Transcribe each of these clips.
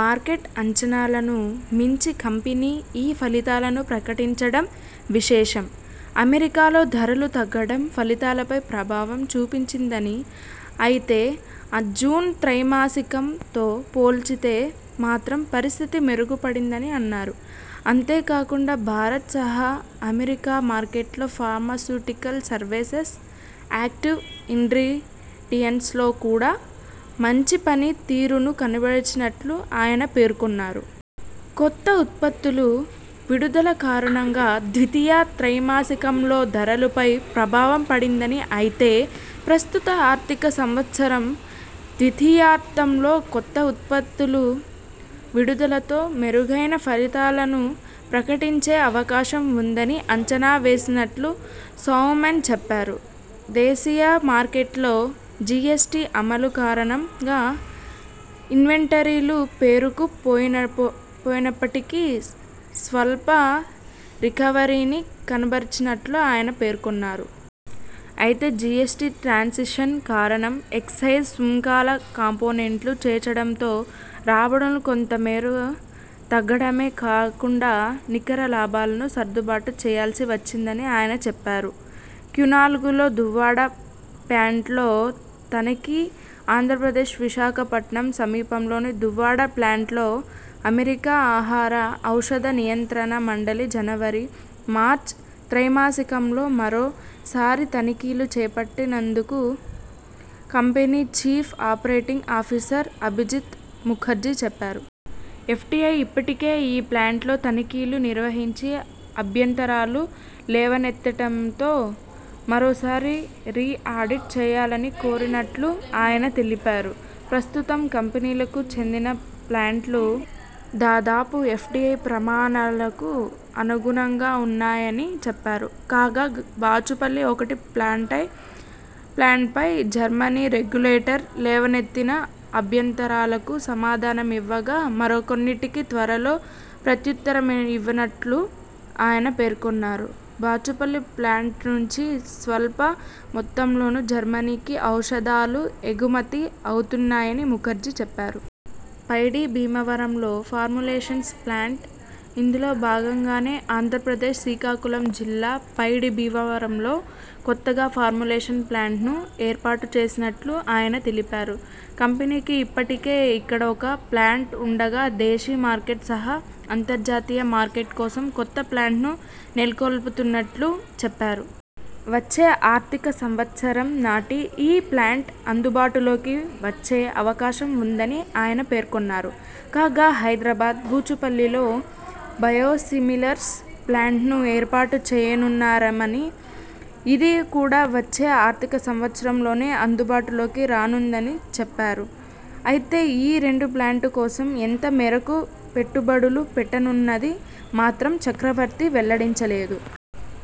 Market అంచనాలను మించి company ఈ ఫలితాలను ప్రకటించటం విశేషం. అమెరికా లో ధరలు తగ్గటం ఫలితాలపై ప్రభావం చూపించిందని అయితే జూన్ త్రైమాసికం తో పోల్చితే మాత్రం పరిస్థితి మెరుగు పడిందని అన్నారు. అంతే కాకుండా భారత్ సహా అమెరికా మార్కెట్లో ఫార్మాస్యుటికల్ సర్వీసెస్, యాక్టివ్ ఇన్గ్రిడియెంట్స్ లో కూడా మంచి పని తీరును కనబరిచినట్లు ఆయన పేర్కొన్నారు. కొత్త ఉత్పత్తుల విడుదల కారణంగా ద్వితీయ త్రైమాసికంలో ధరలపై ప్రభావం పడిందని, అయితే ప్రస్తుత ఆర్థిక సంవత్సరం ద్వితీయార్థం లో కొత్త ఉత్పత్తుల విడుదల తో మెరుగైన ఫలితాలను ప్రకటించే అవకాశం ఉందని అంచనా వేస్తున్నట్లు సౌమెన్ చెప్పారు. దేశీయ మార్కెట్లో జిఎస్టి అమలు కారణంగా ఇన్వెంటరీలు పేరుకు పోయినప్పు పోయినప్పటికీ స్వల్ప రికవరీని కనబరిచినట్లు ఆయన పేర్కొన్నారు. అయితే జిఎస్టి ట్రాన్సిషన్ కారణంగా ఎక్సైజ్ సుంకాల కాంపోనెంట్ను చేర్చటంతో రాబడులు కొంత మేర తగ్గటమే కాకుండా నికర లాభాలను సర్దుబాటు చేయాల్సి వచ్చిందని ఆయన చెప్పారు. క్యునాలుగులో దువ్వాడ ప్యాంట్ లో తనిఖీ, ఆంధ్రప్రదేశ్ విశాఖపట్నం సమీపంలోని దువ్వాడ ప్లాంట్లో అమెరికా ఆహార, ఔషధ నియంత్రణ మండలి జనవరి, మార్చి త్రైమాసికంలో మరో సారి తనిఖీలు చేపట్ట నుందని company chief operating officer Abhijit Mukherjee చెప్పారు. ఎఫ్డిఎ ఇప్పటికే ఈ ప్లాంట్లో తనిఖీలు నిర్వహించి అభ్యంతరాలు లేవనెత్తటంతో మరోసారి రీ ఆడిట్ చేయాలని కోరినట్లు ఆయన తెలిపారు. ప్రస్తుతం కంపెలకి చెందిన ప్లాంట్లు దాదాపు ఎఫ్డిఎ ప్రమాణాలకు అనుగుణంగా ఉన్నాయని చెప్పారు. కాగా బాచుపల్లి ఒకటి ప్యాంటై ప్లాంట్పై జర్మనీ రెగ్యు లేటరీ లేవనెత్తిన అభ్యంతరాలకు సమాధానమివ్వగా మరికొన్నింటికి త్వరలో ప్రత్యుత్తరమివ్వనున్నట్లు ఆయన పేర్కొన్నారు, బాచుపల్లి ప్లాంట్ నుంచి స్వల్ప మొత్తంలోనే జర్మనీకి ఔషధాలు ఎగుమతి అవుతున్నాయని ముఖర్జీ చెప్పారు. పైడి భీమవరంలో ఫార్ములేషన్స్ ప్లాంట్.. ఇందులో భాగంగానే ఆంధ్రప్రదేశ్ శ్రీకాకుళం జిల్లా పైడి భీమవరంలో కొత్తగా ఫార్ములేషన్ ప్లాంట్ను ఏర్పాటు చేస్తున్నట్లు ఆయన తెలిపారు. కంపెనీకి ఇప్పటికే ఇక్కడ ఒక ప్లాంట్ ఉండగా దేశీ మార్కెట్ సహా అంతర్జాతీయ మార్కెట్ కోసం కొత్త ప్లాంట్ను నెలకొల్పుతున్నట్లు చెప్పారు. వచ్చే ఆర్థిక సంవత్సరం నాటి కి ఈ ప్లాంట్ అందుబాటులోకి వచ్చే అవకాశం ఉందని ఆయన పేర్కొన్నారు. కాగా హైదరాబాద్, బాచుపల్లిలో బయోసిమిలర్స్ ప్లాంట్ను ఏర్పాటు చేయనున్నారమని, ఇది కూడా వచ్చే ఆర్థిక సంవత్సరంలోనే అందుబాటులోకి రానుందని చెప్పారు. అయితే ఈ రెండు ప్లాంట్ల కోసం ఎంత మేరకు పెట్టుబడులు పెట్టనున్నది మాత్రం చక్రవర్తి వెల్లడించలేదు.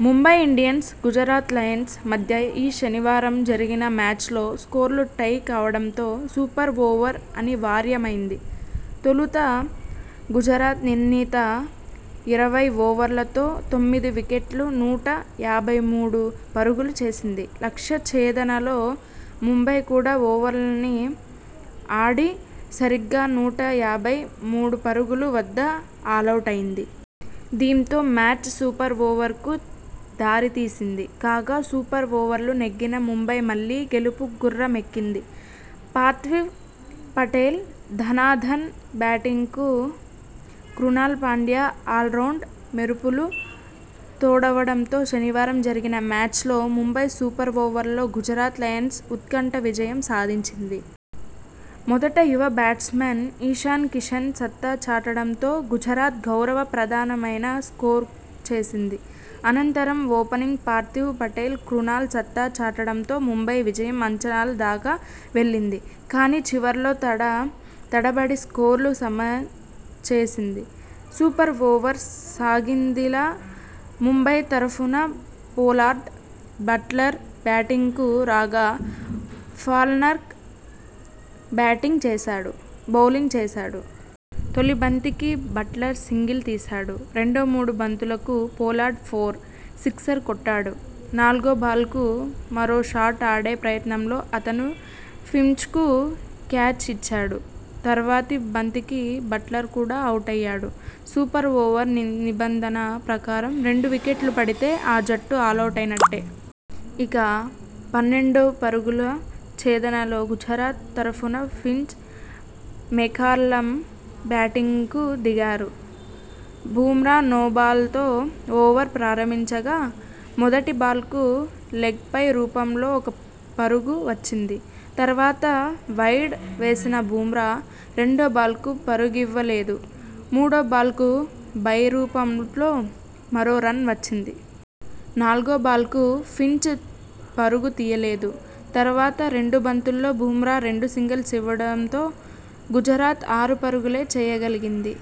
ముంబై ఇండియన్స్, గుజరాత్ లయన్స్ మధ్య శనివారం జరిగిన మ్యాచ్ లో స్కోర్లు టై కావడంతో సూపర్ ఓవర్ అనివార్య మైంది. తొలుత గుజరాత్ నిర్ణీత ఇరవై ఓవర్లలో తొమ్మిది వికెట్లకు నూట యాభై మూడు పరుగులు చేసింది. లక్ష్య ఛేదనలో ముంబై కూడా ఓవర్లన్నీ ఆడి సరిగ్గా నూట యాభై మూడు పరుగుల వద్ద ఆలౌటైంది. దీంతో మ్యాచ్ సూపర్ ఓవర్కు దారితీసింది. కాగా, సూపర్ ఓవర్లో నెగ్గిన ముంబై మళ్లీ గెలుపు గుర్ర మెక్కింది. పార్థివ్ పటేల్ ధనాధన్ బ్యాటింగ్కు క్రునాల్ పాండ్యా ఆల్రౌండ్ మెరుపులు తోడవడంతో శనివారం జరిగిన మ్యాచ్లో ముంబై సూపర్ ఓవర్లో గుజరాత్ లయన్స్పై ఉత్కంఠ విజయం సాధించింది. మొదట యువ బ్యాట్స్మన్ ఇషాన్ కిషన్ సత్తా చాటడంతో గుజరాత్ గౌరవ ప్రదమైన స్కోరు చేసింది. అనంతరం ఓపెనర్ పార్థివ్ పటేల్ క్రునాల్ సత్తా చాటడంతో ముంబై విజయం అంచుల దాకా వెళ్లింది. కానీ, చివర్లో తడ తడ బడి స్కోరు సమం చేసింది. సూపర్ ఓవర్ సాగిందిలా, ముంబై తరఫున పొలార్డ్, బట్లర్ బ్యాటింగ్కు రాగా, ఫాల్క్నర్ బ్యాటింగ్ బౌలింగ్ చేశాడు. తొలి బంతికి బట్లర్ సింగిల్ తీశాడు. రెండు, మూడు బంతులకు పొలార్డ్ ఫోర్, సిక్సర్ కొట్టాడు. నాలుగో బాల్కు మరో షాట్ ఆడే ప్రయత్నంలో అతను ఫించ్కు క్యాచ్ ఇచ్చాడు. తర్వాతి బంతికి బట్లర్ కూడా అవుటయ్యాడు. సూపర్ ఓవర్ నిన్ నిబంధన ప్రకారం రెండు వికెట్లు పడితే ఆ జట్టు ఆలౌటైనట్టే. ఇక, పన్నెండు పరుగుల ఛేదనలో గుజరాత తరఫున ఫించ్, మెకల్లమ్ బ్యాటింగ్కు దిగారు. బుమ్రా నోబాల్తో ఓవర్ ప్రారంభించగా, మొదటి బాల్కు లెగ్ బై రూపంలో ఒక పరుగు వచ్చింది. తర్వాత వైడ్ వేసిన బుమ్రా, రెండో బాల్కు పరుగివ్వ లేదు. మూడో బాల్కు బై రూపంతో మరో రన్ వచ్చింది. నాలుగో బాల్కు ఫించ్ పరుగు తీయలేదు. తర్వాతి రెండు బంతుల్లో బుమ్రా రెండు సింగిల్స్ ఇవ్వడంతో గుజరాత్ ఆరు పరుగులే చేయ గలిగింది.